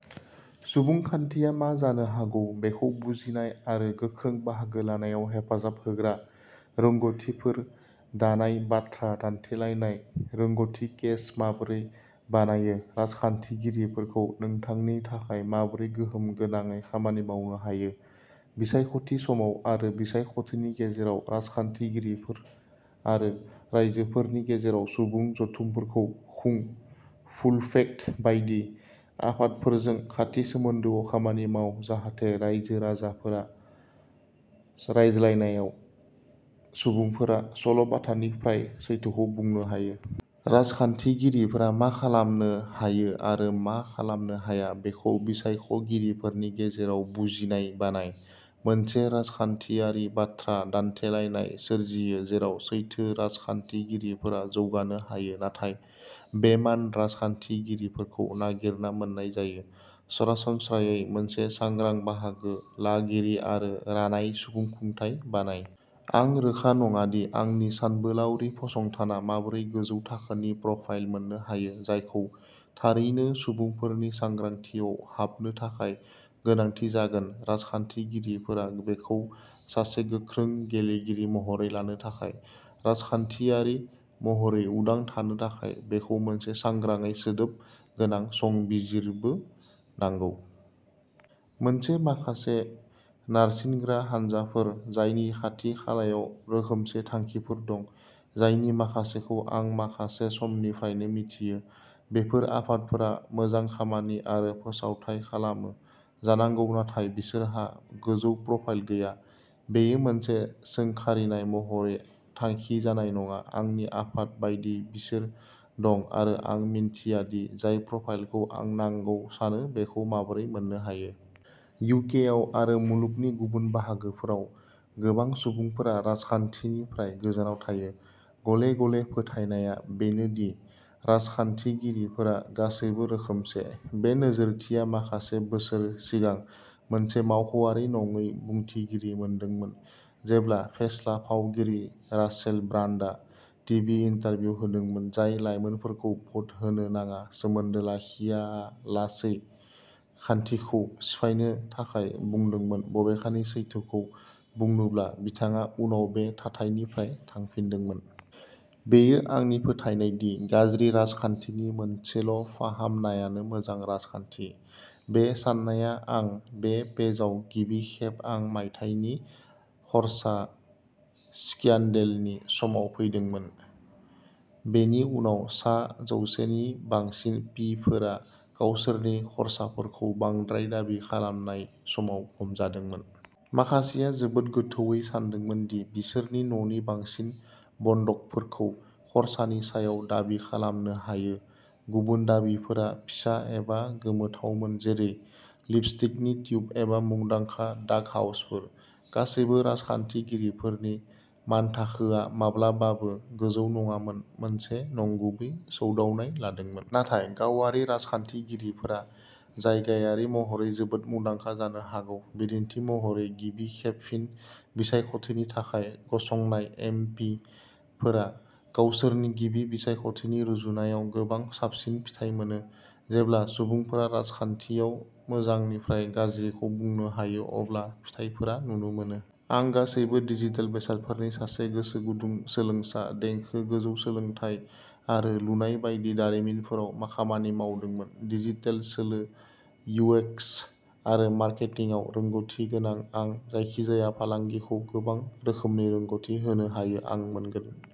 सुबुंखान्थिआ मा जानो हागौ बेखौ बुजिनाय आरो गोख्रों बाहागो लानायाव हेफाजाब होग्रा रोंगथिफोर दानाय बाथ्रा दान्थेलायनाय रोंगथि केस माबोरै बानायो राजखान्थिगिरिफोरखौ नोंथांनि थाखाय माबोरै गोहोम गोनाङै खामानि मावनो हायो। बिसायखथि समाव आरो बिसायखथिनि गेजेराव राजखान्थिगिरिफोर आरो राइजोफोरनि गेजेराव सुबुं जथुमफोरखौ खुं फुलफेक्ट बायदि आफादफोरजों खाथि सोमोन्दोआव खामानि माव जाहाथे रायजो राजाफोरा रायज्लायनायाव सुबुंफोरा सल'बाथानिफ्राय सैथोखौ बुंनो हायो। राजखान्थिगिरिफोरा मा खालामनो हायो आरो मा खालामनो हाया बेखौ बिसायख'गिरिफोरनि गेजेराव बुजिनाय बानाय। मोनसे राजखान्थियारि बाथ्रा दान्थेलायनाय सोरजियो जेराव सैथो राजखान्थिगिरिफोरा जौगानो हायो नाथाय बेइमान राजखान्थिगिरिफोरखौ नागिरना मोन्नाय जायो। सरासनस्रायै मोनसे सांग्रां बाहागो लागिरि आरो रानाय सुबुंखुंथाइ बानाय। आं रोखा नङा दि आंनि सानबोलावरि फसंथाना माबोरै गोजौ थाखोनि प्रफाइल मोननो हायो जायखौ थारैनो सुबुंफोरनि सांग्रांथियाव हाबनो थाखाय गोनांथि जागोन राजखान्थिगिरिफोरा बेखौ सासे गोख्रों गेलेगिरि महरै लानो थाखाय। राजखान्थियारि महरै उदां थानो थाखाय बेखौ मोनसे सांग्राङै सोदोब गोनां संबिजिरबो नांगौ। मोनसे माखासे नारसिनग्रा हानजाफोर जायनि खाथि खालायाव रोखोमसे थांखिफोर दं जायनि माखासेखौ आं माखासे समनिफ्रायनो मिथियो बेफोर आफादफोरा मोजां खामानि आरो फोसावथाय खालामो जानांगौ नाथाय बिसोरहा गोजौ प्रफाइल गैया। बेयो मोनसे सोंखारिनाय महरै थांखि जानाय नङा आंनि आफाद बायदि बिसोर दं आरो आं मिन्थिया दि जाय प्रफाइलखौ आं नांगौ सानो बेखौ माबोरै मोन्नो हायो। इउकेआव आरो मुलुगनि गुबुन बाहागोफोराव गोबां सुबुंफोरा राजखान्थिनिफ्राय गोजानाव थायो। गले गले फोथायनायआ बेनो दि राजखान्थिगिरिफोरा गासैबो रोखोमसे। बे नोजोरथिया माखासे बोसोर सिगां मोनसे मावख'आरि नङै बुंथिगिरि मोनदोंमोन जेब्ला फेस्ला फावगिरि रासेल ब्रान्डआ टिभि इन्टारभिउ होदोंमोन जाय लाइमोनफोरखौ भ'ट होनो नाङा सोमोन्दो लाखियालासै खान्थिखौ सिफायनो थाखाय बुंदोंमोन बबेखानि सैथोखौ बुंनोब्ला बिथाङा उनाव बे थाथाइनिफ्राय थांफिनदोंमोन। बेयो आंनि फोथायनाय दि गाज्रि राजखान्थिनि मोनसेल'फाहामनायानो मोजां राजखान्थि। बे साननाया आं बे पेजआव गिबि खेब आं मायथाइनि खर्सा स्क्यान्डेलनि समाव फैदोंमोन। बेनि उनाव सा जौसे नि बांसिन पि फोरा गावसोरनि खर्साफोरखौ बांद्राय दाबि खालामनाय समाव हमजादोंमोन। माखासेआ जोबोद गोथौवै सानदोंमोन दि बिसोरनि न'नि बांसिन बन्दकफोरखौ खरसानि सायाव दाबि खालामनो हायो गुबुन दाबिफोरा फिसा एबा गोमोथावमोन जेरै लिपस्टिकनि टिउब एबा मुंदांखा डाक हाउसफोर। गासैबो राजखान्थिगिरिफोरनि मानथाखोआ माब्लाबाबो गोजौ नङामोन मोनसे नंगुबै सौदावनाय लादोंमोन। नाथाय गावारि राजखान्थिगिरिफोरा जायगायारि महरै जोबोद मुंदांखा जानो हागौ बिदिन्थि महरै गिबि खेब फिन बिसायख'थिनि थाखाय गसंनाय एम पि फोरा गावसोरनि गिबि बिसायख'थिनि रुजुनायाव गोबां साबसिन फिथाय मोनो। जेब्ला सुबुंफोरा राजखान्थियाव मोजांनिफ्राय गाज्रिखौ बुंनो हायो अब्ला फिथायफोरा नुनो मोनो। आं गासैबो डिजिटेल बेसादफोरनि सासे गोसोगुदुं सोलोंसा देंखो गोजौ सोलोंथाय आरो लुनाय बायदि दारिमिनफोराव खामानि मावदोंमोन। डिजिटेल सोलो इउएक्स आरो मार्केटिंआव रोंग'थि गोनां आं जायखिजाया फालांगिखौ गोबां रोखोमनि रोंग'थि होनो हायो आं मोनगोन।